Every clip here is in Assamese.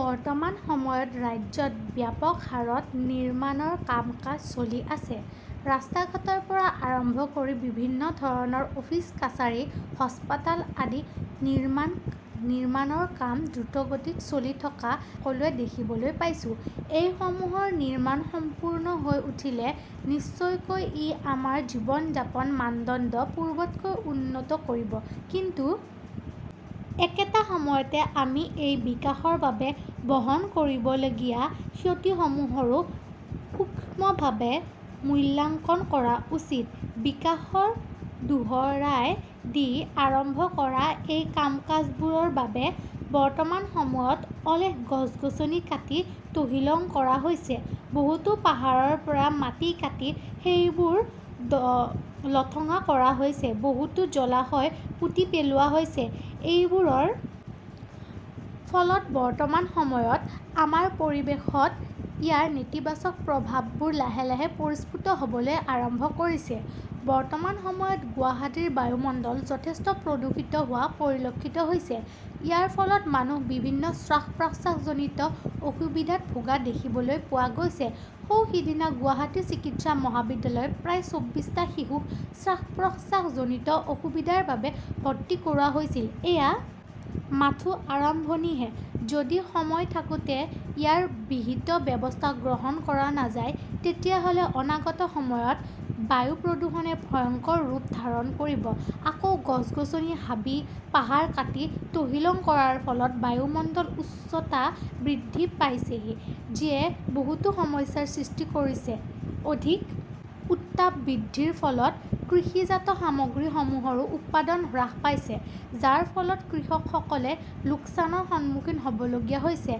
বৰ্তমান সময়ত ৰাজ্যত ব্যাপক হাৰত নিৰ্মাণৰ কাম-কাজ চলি আছে। ৰাস্তা-ঘাটৰ পৰা আৰম্ভ কৰি বিভিন্ন ধৰণৰ অফিচ-কাছাৰী হাস্পাতাল আদি নিৰ্মান নিৰ্মাণৰ কাম দ্ৰুতগতিত চলি থকা আমি সকলোৱে দেখিবলৈ পাইছো। এই সমূহৰ নিৰ্মাণ সম্পূৰ্ণ হৈ উঠিলে নিশ্চয়কৈ ই আমাৰ জীৱন-যাপন মানদণ্ড পূৰ্বতকৈ উন্নত কৰিব। কিন্তু একেটা সময়তে আমি এই বিকাশৰ বাবে বহন কৰিবলগীয়া ক্ষতিসমূহৰো সুক্ষ্মভাৱে মূল্যাংকন কৰা উচিত। বিকাশৰ দোহৰাই দি আৰম্ভ কৰা এই কাম-কাজবোৰৰ বাবে বৰ্তমান সময়ত অলেখ গছ-গছনি কাটি তহিলং কৰা হৈছে, বহুতো পাহাৰৰ পৰা মাটি কাটি সেইবোৰ লঠঙা কৰা হৈছে, বহুতো জলাশয় পুতি পেলোৱা হৈছে। এইবোৰৰ ফলত বৰ্তমান সময়ত আমাৰ পৰিৱেশত ইয়াৰ নেতিবাচক প্ৰভাৱবোৰ লাহে লাহে পৰিস্ফুত হ'বলৈ আৰম্ভ কৰিছে। বৰ্তমান সময়ত গুৱাহাটীৰ বায়ুমণ্ডল যথেষ্ট প্ৰদূষিত হোৱা পৰিলক্ষিত হৈছে। ইয়াৰ ফলত মানুহ বিভিন্ন শ্বাস-প্ৰশ্বাসজনিত অসুবিধাত ভোগা দেখিবলৈ পোৱা গৈছে। সৌ সিদিনা গুৱাহাটী চিকিৎসা মহাবিদ্যালয়ত প্ৰায় ছবিছটা শিশুক শ্বাস-প্ৰশ্বাসজনিত অসুবিধাৰ বাবে ভৰ্তি কৰোৱা হৈছিল। এয়া মাথো আৰম্ভণিহে যদি সময় থাকোতে ইয়াৰ বিহিত ব্যৱস্থা গ্ৰহণ কৰা নাযায় তেতিয়াহ'লে অনাগত সময়ত বায়ু প্ৰদূষণে ভয়ংকৰ ৰূপ ধাৰণ কৰিব। আকৌ গছ-গছনি হাবি-পাহাৰ কাটি তহিলং কৰাৰ ফলত বায়ুমণ্ডল উচ্চতা বৃদ্ধি পাইছে, যিয়ে বহুতো সমস্যাৰ সৃষ্টি কৰিছে। অধিক উত্তাপ বৃদ্ধিৰ ফলত কৃষিজাত সামগ্ৰীসমূহৰো উৎপাদন হ্ৰাস পাইছে, যাৰ ফলত কৃষকসকলে লোকচানৰ সন্মুখীন হবলগীয়া হৈছে।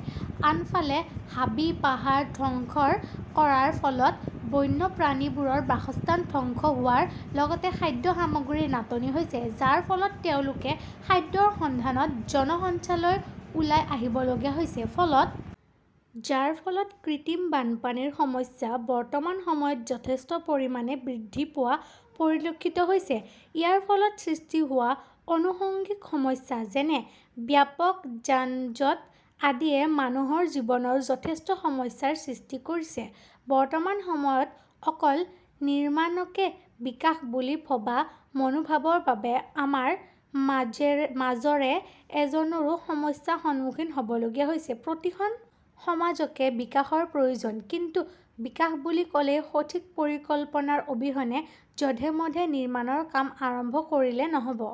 আনফালে হাবি-পাহাৰ ধ্বংসৰ কৰাৰ ফলত বন্য প্ৰাণীবোৰৰ বাসস্থান ধ্বংস হোৱাৰ লগতে, খাদ্য সামগ্ৰীৰ নাটনি হৈছে, যাৰ ফলত তেওঁলোক খাদ্যৰ সন্ধানত জনসঞ্চাললৈ ওলাই আহিবলগীয়া হৈছে। ফলত যাৰ ফলত কৃত্ৰিম বানপানীৰ সমস্যা বৰ্তমান সময়ত যথেষ্ট পৰিমাণে বৃদ্ধি পোৱা পৰিলক্ষিত হৈছে। ইয়াৰ ফলত সৃষ্টি হোৱা অনুসংগিক সমস্যা যেনে: ব্যাপক যানজঁট আদিয়ে মানুহৰ জীৱনৰ যথেষ্ট সমস্যাৰ সৃষ্টি কৰিছে। বৰ্তমান সময়ত অকল নিৰ্মাণকে বিকাশ বুলি ভবা মনোভাৱৰ বাবে আমাৰ মাজৰে এজনৰো সমস্যাৰ সন্মুখীন হ'বলগীয়া হৈছে। প্ৰতিখন সমাজকে বিকাশৰ প্ৰয়োজন, কিন্তু বিকাশ বুলি ক'লেই সঠিক পৰিকল্পনাৰ অবিহনে যধে-মধে নিৰ্মাণৰ কাম আৰম্ভ কৰিলে নহ'ব।